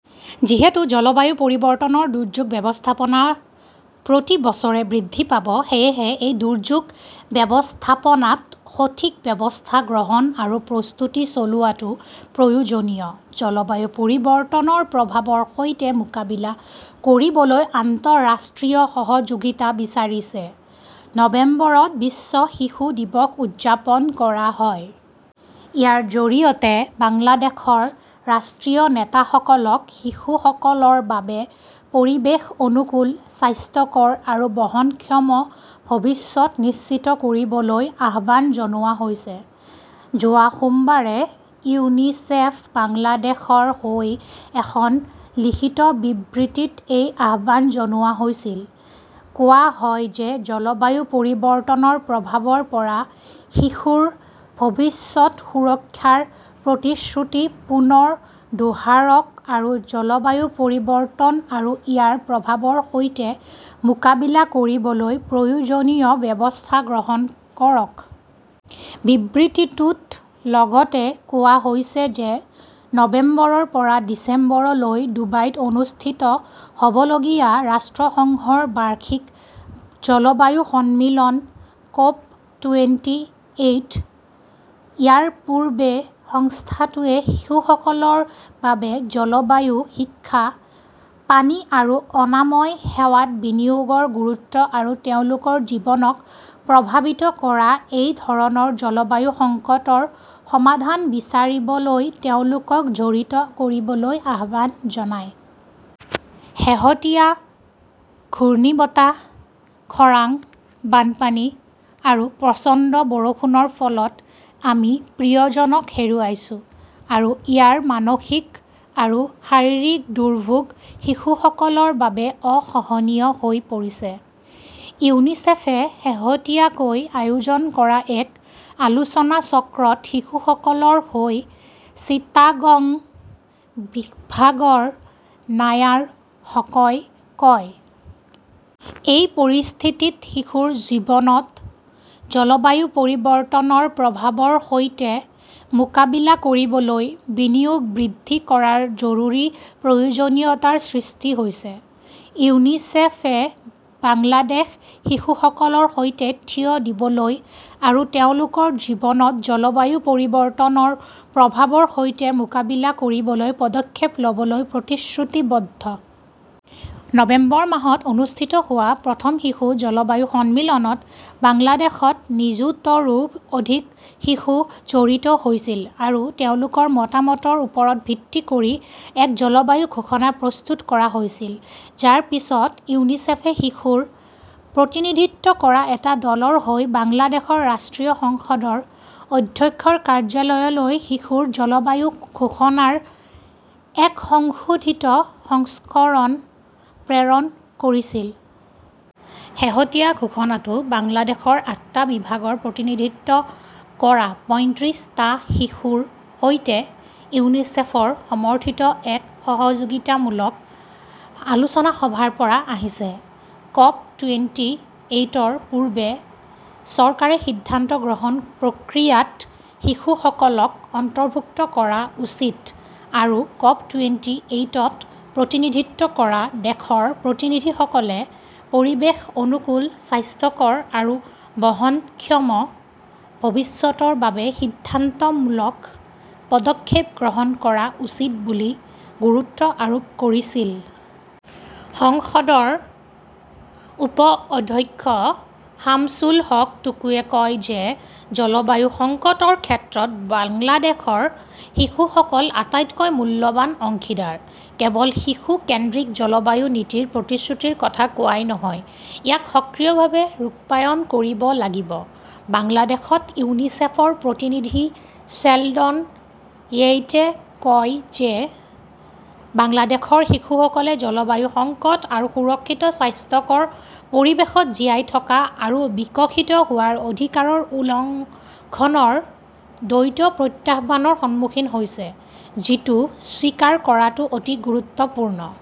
যিহেতু জলবায়ু পৰিৱৰ্তনৰ দুৰ্যোগ ব্যৱস্থাপনা প্ৰতি বছৰে বৃদ্ধি পাব, সেয়েহে এই দুৰ্যোগ ব্যৱস্থাপনাত সঠিক ব্যৱস্থা গ্ৰহণ আৰু প্ৰস্তুতি চলোৱাটো প্ৰয়োজনীয়। জলবায়ু পৰিৱৰ্তনৰ প্ৰভাৱৰ সৈতে মোকাবিলা কৰিবলৈ আন্তঃৰাষ্ট্ৰীয় সহযোগিতা বিচাৰিছে। নৱেম্বৰত বিশ্ব শিশু দিৱস উদযাপন কৰা হয়। ইয়াৰ জৰিয়তে বাংলাদেশৰ ৰাষ্ট্ৰীয় নেতাসকলক শিশুসকলৰ বাবে পৰিৱেশ অনুকূল, স্বাস্থ্যকৰ আৰু বহনক্ষম ভৱিষ্যত নিশ্চিত কৰিবলৈ আহ্বান জনোৱা হৈছে। যোৱা সোমবাৰে ইউনিচেফ বাংলাদেশৰ হৈ এখন লিখিত বিবৃতিত এই আহ্বান জনোৱা হৈছিল। কোৱা হয় যে, জলবায়ু পৰিৱৰ্তনৰ প্ৰভাৱৰ পৰা শিশুৰ ভৱিষ্যত সুৰক্ষাৰ প্ৰতিশ্ৰুতি পুনৰ দোহাৰক আৰু জলবায়ু পৰিৱৰ্তন আৰু ইয়াৰ প্ৰভাৱৰ সৈতে মোকাবিলা কৰিবলৈ প্ৰয়োজনীয় ব্যৱস্থা গ্ৰহণ কৰক। বিবৃতিটোত লগতে কোৱা হৈছে যে, নৱেম্বৰৰ পৰা ডিচেম্বৰলৈ ডুবাইত অনুষ্ঠিত হ'বলগীয়া ৰাষ্ট্ৰসংঘৰ বাৰ্ষিক জলবায়ু সন্মিলন ক'প টুৱেন্টি এইট'। ইয়াৰ পূৰ্বে সংস্থাটোৱে শিশুসকলৰ বাবে জলবায়ু শিক্ষা, পানী আৰু অনাময় সেৱাত বিনিয়োগৰ গুৰুত্ব আৰু তেওঁলোকৰ জীৱনক প্ৰভাৱিত কৰা এই ধৰণৰ জলবায়ু সংকটৰ সমাধান বিচাৰিবলৈ তেওঁলোকক জড়িত কৰিবলৈ আহ্বান জনায়। শেহতীয়া ঘূৰ্ণীবতাহ, খৰাং, বানপানী আৰু প্ৰচণ্ড বৰষুণৰ ফলত আমি প্ৰিয়জনক হেৰুৱাইছো আৰু ইয়াৰ মানসিক আৰু শাৰীৰিক দুৰ্ভোগ শিশুসকলৰ বাবে অসহনীয় হৈ পৰিছে, ইউনিচেফে শেহতীয়াকৈ আয়োজন কৰা এক আলোচনাচক্ৰত শিশুসকলৰ হৈ চিটাগং বিভাগৰ নায়াৰ হকই কয়। এই পৰিস্থিতিত শিশুৰ জীৱনত জলবায়ু পৰিৱৰ্তনৰ প্ৰভাৱৰ সৈতে মোকাবিলা কৰিবলৈ, বিনিয়োগ বৃদ্ধি কৰাৰ জৰুৰী প্ৰয়োজনীয়তাৰ সৃষ্টি হৈছে। ইউনিচেফএ বাংলাদেশ শিশুসকলৰ সৈতে থিয় দিবলৈ আৰু তেওঁলোকৰ জীৱনত জলবায়ু পৰিৱৰ্তনৰ প্ৰভাৱৰ সৈতে মোকাবিলা কৰিবলৈ পদক্ষেপ ল'বলৈ প্ৰতিশ্ৰুতিবদ্ধ। নৱেম্বৰ মাহত অনুষ্ঠিত হোৱা প্ৰথম শিশু জলবায়ু সন্মিলনত, বাংলাদেশত নিযুতৰো অধিক শিশু জড়িত হৈছিল আৰু তেওঁলোকৰ মতামতৰ ওপৰত ভিত্তি কৰি এক জলবায়ু ঘোষণা প্ৰস্তুত কৰা হৈছিল, যাৰ পিছত ইউনিছেফে শিশুৰ প্ৰতিনিধিত্ব কৰা এটা দলৰ হৈ বাংলাদেশৰ ৰাষ্ট্ৰীয় সংসদৰ অধ্যক্ষৰ কাৰ্যালয়লৈ শিশুৰ জলবায়ু ঘোষণাৰ এক সংশোধিত সংস্কৰণ প্ৰেৰণ কৰিছিল। শেহতীয়া ঘোষণাটো বাংলাদেশৰ আঠটা বিভাগৰ প্ৰতিনিধিত্ব কৰা পঁইত্ৰিছ টা শিশুৰ সৈতে ইউনিচেফৰ সমৰ্থিত এক সহযোগিতামূলক আলোচনা সভাৰ পৰা আহিছে। ক'প টুৱেন্টি এইটৰ পূৰ্বে চৰকাৰে সিদ্ধান্ত গ্ৰহণ প্ৰক্ৰিয়াত শিশুসকলক অন্তৰ্ভুক্ত কৰা উচিত আৰু ক'প টুৱেন্টি এইটত প্ৰতিনিধিত্ব কৰা দেশৰ প্ৰতিনিধিসকলে পৰিৱেশ অনুকূল, স্বাস্থ্যকৰ আৰু বহনক্ষম ভৱিষ্যতৰ বাবে সিদ্ধান্তমূলক পদক্ষেপ গ্ৰহণ কৰা উচিত বুলি গুৰুত্ব আৰোপ কৰিছিল। সংসদৰ উপ-অধ্যক্ষ শামছুল হক টুকুয়ে কয় যে, জলবায়ু সংকটৰ ক্ষেত্ৰত বাংলাদেশৰ শিশুসকল আটাইতকৈ মূল্যৱান অংশীদাৰ। কেৱল শিশু-কেন্দ্ৰিক জলবায়ু নীতিৰ প্ৰতিশ্ৰুতিৰ কথা কোৱাই নহয়, ইয়াক সক্ৰিয়ভাৱে ৰূপায়ণ কৰিব লাগিব। বাংলাদেশত ইউনিচেফৰ প্ৰতিনিধি শ্বেলডন য়েইটে কয় যে, বাংলাদেশৰ শিশুসকলে জলবায়ু সংকট আৰু সুৰক্ষিত স্বাস্থ্যকৰ পৰিৱেশত জীয়াই থকা আৰু বিকশিত হোৱাৰ অধিকাৰৰ উলংঘনৰ দ্বৈত প্ৰত্যাহ্বানৰ সন্মুখীন হৈছে, যিটো স্বীকাৰ কৰাটো অতি গুৰুত্বপূৰ্ণ।